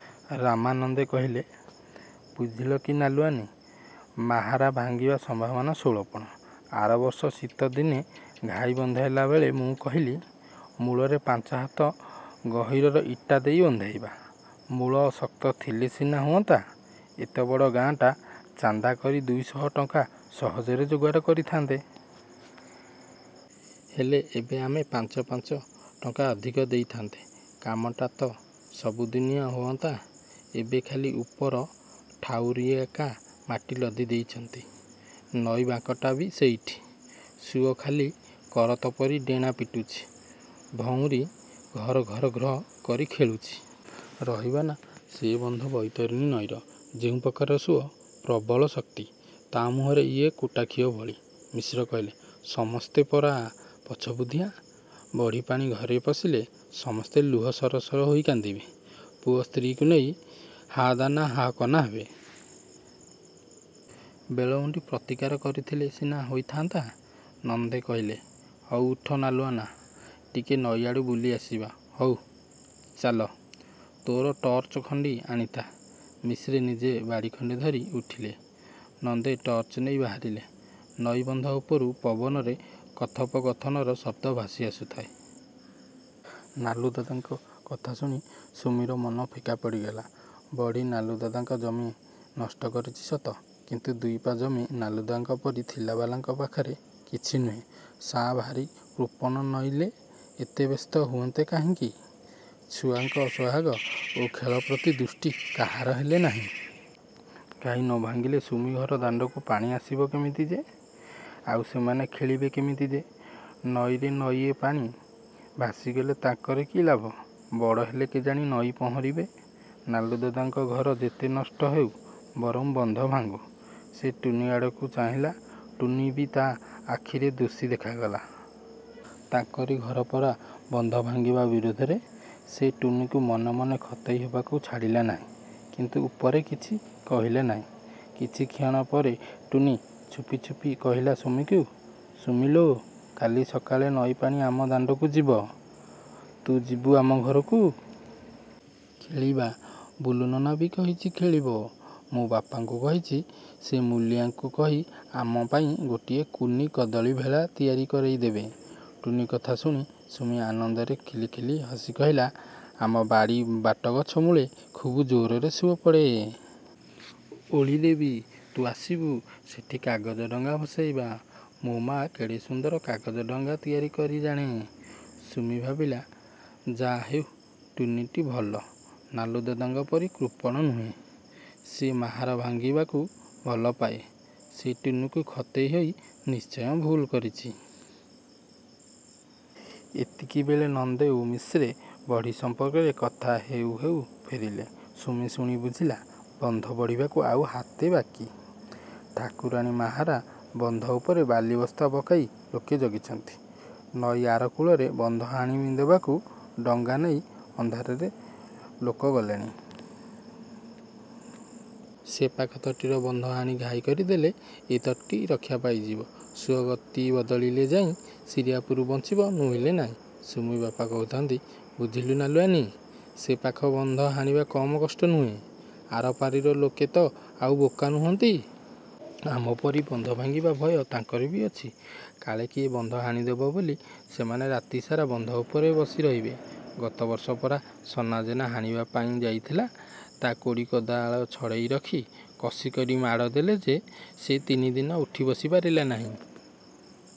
ରାମାନନ୍ଦେ କହିଲେ–ବୁଝିଲ କି ନାଲୁଆନା, ମାହାରା ଭାଙ୍ଗିବାର ସମ୍ଭାବନା ଷୋଳପଣ-। ଆର ବର୍ଷ ଶୀତଦିନରେ ଘାଇ ବନ୍ଧେଇଲାବେଳେ ମୁଁ କହିଲି ମୂଳରେ ପାଞ୍ଚହାତ ଗହୀରର ଇଟା ଦେଇ ବନ୍ଧେଇବା। ମୂଳଶକ୍ତି ଥିଲେ ସିନା ହୁଅନ୍ତା। ଏତେ ବଡ଼ ଗାଁଟାଏ ଚାନ୍ଦା କରି ଦୁଇଶହ ଟଙ୍କା ସହଜରେ ଯୋଗାଡ଼ କରିଥାନ୍ତେ। ହେଲା ଏବେ ଆମେ ପାଞ୍ଚ ପାଞ୍ଚ ଟଙ୍କା ଅଧିକା ଦେଇ ଥାନ୍ତେ। କାମଟା ତ ସବୁଦିନିଆ ହୋଅନ୍ତା। ଏବେ ଖାଲି ଉପର ଠାଉରିଆକି ମାଟି ଲଦି ଦେଇଛନ୍ତି। ନଈ ବାଙ୍କଟା ବି ସେଇଠି। ସୁଅ ଖାଲି କରତ ପରି ଡେଣା ପିଟୁଚି। ଭଉଁରୀ ଘର-ଘର-ଘ୍ର କରି ଖେଳୁଚି। ରହିବ ନା ସେ ବନ୍ଧ ବୈତରଣୀ ନଈର ଯେଉଁ ପ୍ରଖର ସୁଅ, ପ୍ରବଳ ଶକ୍ତି–ତା' ମୁହଁରେ ଇଏ କୁଟାଖିଏ ଭଳି। ମିଶ୍ରେ କହିଲେ–ସମସ୍ତେ ପରା ପଛବୁଦ୍ଧିଆ। ବଢ଼ିପାଣି ଘରେ ପଶିଲେ ସମସ୍ତେ ଲୁହ ସରସର ହୋଇ କାନ୍ଦିବେ, ପୁଅ ସ୍ତ୍ରୀଙ୍କୁ ନେଇ ହା-ଦାନା, ହା-କନା ହେବେ। ବେଳ ଉଣ୍ଡି ପ୍ରତିକାର କରିଥିଲେ ସିନା ହୋଇଥାନ୍ତା। ନନ୍ଦେ କହିଲେ–ହଉ, ଉଠ ନାଲୁଆନା, ଟିକେ ନଈଆଡ଼ୁ ବୁଲି ଆସିବା। –ହଉ, ଚାଲ, ତୋର ଟର୍ଚ୍ଚଖଣ୍ଡି ଆଣିଥା। ମିଶ୍ରେ ନିଜ ବାଡ଼ି ଖଣ୍ଡି ଧରି ଉଠିଲେ। ନନ୍ଦେ ଟର୍ଚ୍ଚ ନେଇ ବାହାରିଲେ। ନଈ ବନ୍ଧ ଉପରୁ ପବନରେ କଥୋପକଥନର ଶବ୍ଦ ଭାସି ଆସୁଥାଏ। ନାଲୁଦାଦାଙ୍କ କଥା ଶୁଣି ସୁମିର ମନ ଫିକା ପଡ଼ିଗଲା। ବଢ଼ି ନାଲୁଦାଦାଙ୍କ ଜମି ନଷ୍ଟ କରିଚି ସତ, କିନ୍ତୁ ଦୁଇ-ପା ଜମି ନାଲୁଦାଦାଙ୍କ ପରି ଥିଲାବାଲାଙ୍କ ପାଖରେ କିଛି ନୁହେଁ। ସା ଭାରି କୃପଣ ନଇଲେ ଏତେ ବ୍ୟସ୍ତ ହୁଅନ୍ତେ କାହିଁକି? ଛୁଆଙ୍କ ସୋହାଗ ଓ ଖେଳପ୍ରତି ଦୃଷ୍ଟି କାହାରିହେଲେ ନାହିଁ। ଘାଇ ନ ଭାଙ୍ଗିଲେ ସୁମିଘର ଦାଣ୍ଡକୁ ପାଣି ଆସିବ କେମିତି ଯେ? ଆଉ ସେମାନେ ଖେଳିବେ କେମିତି ଯେ? ନଈରେ ନଈଏ ପାଣି ଭାସିଗଲେ ତାଙ୍କର କି ଲାଭ–ବଡ଼ହେଲେ କେଜାଣି ନଈ ପହଁରିବେ। ନାଲୁଦାଦାଙ୍କ ଘର ଯେତେ ନଷ୍ଟ ହେଉ ବରଂ ବନ୍ଧ ଭାଙ୍ଗୁ। ସେ ଟୁନୀ ଆଡ଼କୁ ଚାହିଁଲା–ଟୁନୀ ବି ତା ଆଖିରେ ଦୋଷୀ ଦେଖାଗଲା। ତାଙ୍କରି ଘର ପରା ବନ୍ଧ ଭାଙ୍ଗିବା ବିରୋଧରେ! ସେ ଟୁନୀକୁ ମନେ ମନେ ଖତେଇ ହବାକୁ ଛାଡ଼ିଲା ନାହିଁ। କିନ୍ତୁ ଉପରେ କିଛି କହିଲା ନାହିଁ। କିଛିକ୍ଷଣ ପରେ ଟୁନୀ ଚୁପି ଚୁପି କହିଲା ସୁମିକୁ–ସୁମିଲୋ, କାଲି ସକାଳେ ନଈପାଣି ଆମ ଦାଣ୍ଡକୁ ଯିବ। ତୁ ଯିବୁ ଆମ ଘରକୁ। ଖେଳିବା। ବୁଲୁନନା ବି କହିଚି ଖେଳିବ। ମୁଁ ବାପାଙ୍କୁ କହିଚି–ସେ ମୂଲିଆଙ୍କୁ କହି ଆମପାଇଁ ଗୋଟିଏ କୁନି କଦଳି-ଭେଳା ତିଆରି କରେଇ ଦେବେ। ଟୁନୀ କଥା ଶୁଣି ସୁମି ଆନନ୍ଦରେ ଖିଲି ଖିଲି ହସି କହିଲା–ଆମ ବାଡ଼ି ବାଟଗଛ ମୂଳରେ ଖୁବ୍ ଜୋର୍ ସୁଅ ପଡ଼େ। ଓଳିରେ ବି। ତୁ ଆସିବୁ; ସେଠି କାଗଜ ଡଙ୍ଗା ଭସେଇବା। ମୋ ମା' କେଡ଼େ ସୁନ୍ଦର କାଗଜ ଡଙ୍ଗା ତିଆରି କରି ଜାଣେ। ସୁମି ଭବିଲା–ଯା' ହେଉ ଟୁନୀଟି ଭଲ। ନାଲୁ ଦାଦାଙ୍କ ପରି କୃପଣ ନୁହେଁ। ସେ ମାହାର ଭାଙ୍ଗିବାକୁ ଭଲପାଏ। ସେ ଟୁନୀକୁ ଖତେଇ ହୋଇ ନିଶ୍ଚୟ ଭୁଲ କରିଚି। ଏତିକିବେଳେ ନନ୍ଦେ ଓ ମିଶ୍ରେ ବଢ଼ି ସମ୍ପର୍କରେ କଥା ହେଉ ହେଉ ଫେରିଲେ। ସୁମି ଶୁଣି ବୁଝିଲା–ବନ୍ଧ ବୁଡ଼ିବାକୁ ଆଉ ହାତେ ବାକି। ଠାକୁରାଣୀ ମାହାରା ବନ୍ଧ ଉପରେ ବାଲିବସ୍ତା ପକାଇ ଲୋକ ଜଗିଛନ୍ତି। ନଈ ଆର କୂଳର ବନ୍ଧ ହାଣି ଦେବାକୁ ଡଙ୍ଗା ନେଇ ଅନ୍ଧାରରେ ଲୋକ ଗଲେଣି। ସେପାଖ ତଟୀର ବନ୍ଧ ହାଣି ଘାଇ କରିଦେଲେ ଏ ତଟୀ ରକ୍ଷା ପାଇଯିବ। ସୁଅ ଗତି ବଦଳିଲେ ଯାଇଁ ଶିରିଆପୁର ବଞ୍ଚିବ,–ନୁଇଲେ ନାହିଁ। ସୁମି-ବାପା କହୁଥାନ୍ତି–ବୁଝିଲ ନାଲୁଆନା, ସେ ପାଖର ବନ୍ଧ ହାଣିବା କମ୍ କଷ୍ଟ ନୁହେଁ। ଆର ପାରିର ଲୋକେ ତ ଆଉ ବୋକା ନୁହନ୍ତି। ଆମପରି ବନ୍ଧ ଭାଙ୍ଗିବା ଭୟ ତାଙ୍କର ବି ଅଛି। କାଳେ କିଏ ବନ୍ଧ ହାଣିଦେବ ବୋଲି ସେମାନେ ରାତିସାରା ବନ୍ଧ ଉପରେ ବସି ରହିବେ। ଗତବର୍ଷ ପରା ସନାଜେନା ହାଣିବା ପାଇଁ ଯାଇଥିଲା। ତା' କୋଡ଼ି କୋଦାଳ ଛଡ଼େଇ ରଖି କଷିକରି ମାଡ଼ ଦେଲେ ଯେ ସେ ତିନିଦିନ ଉଠିବସି ପାରିଲା ନାଇଁ।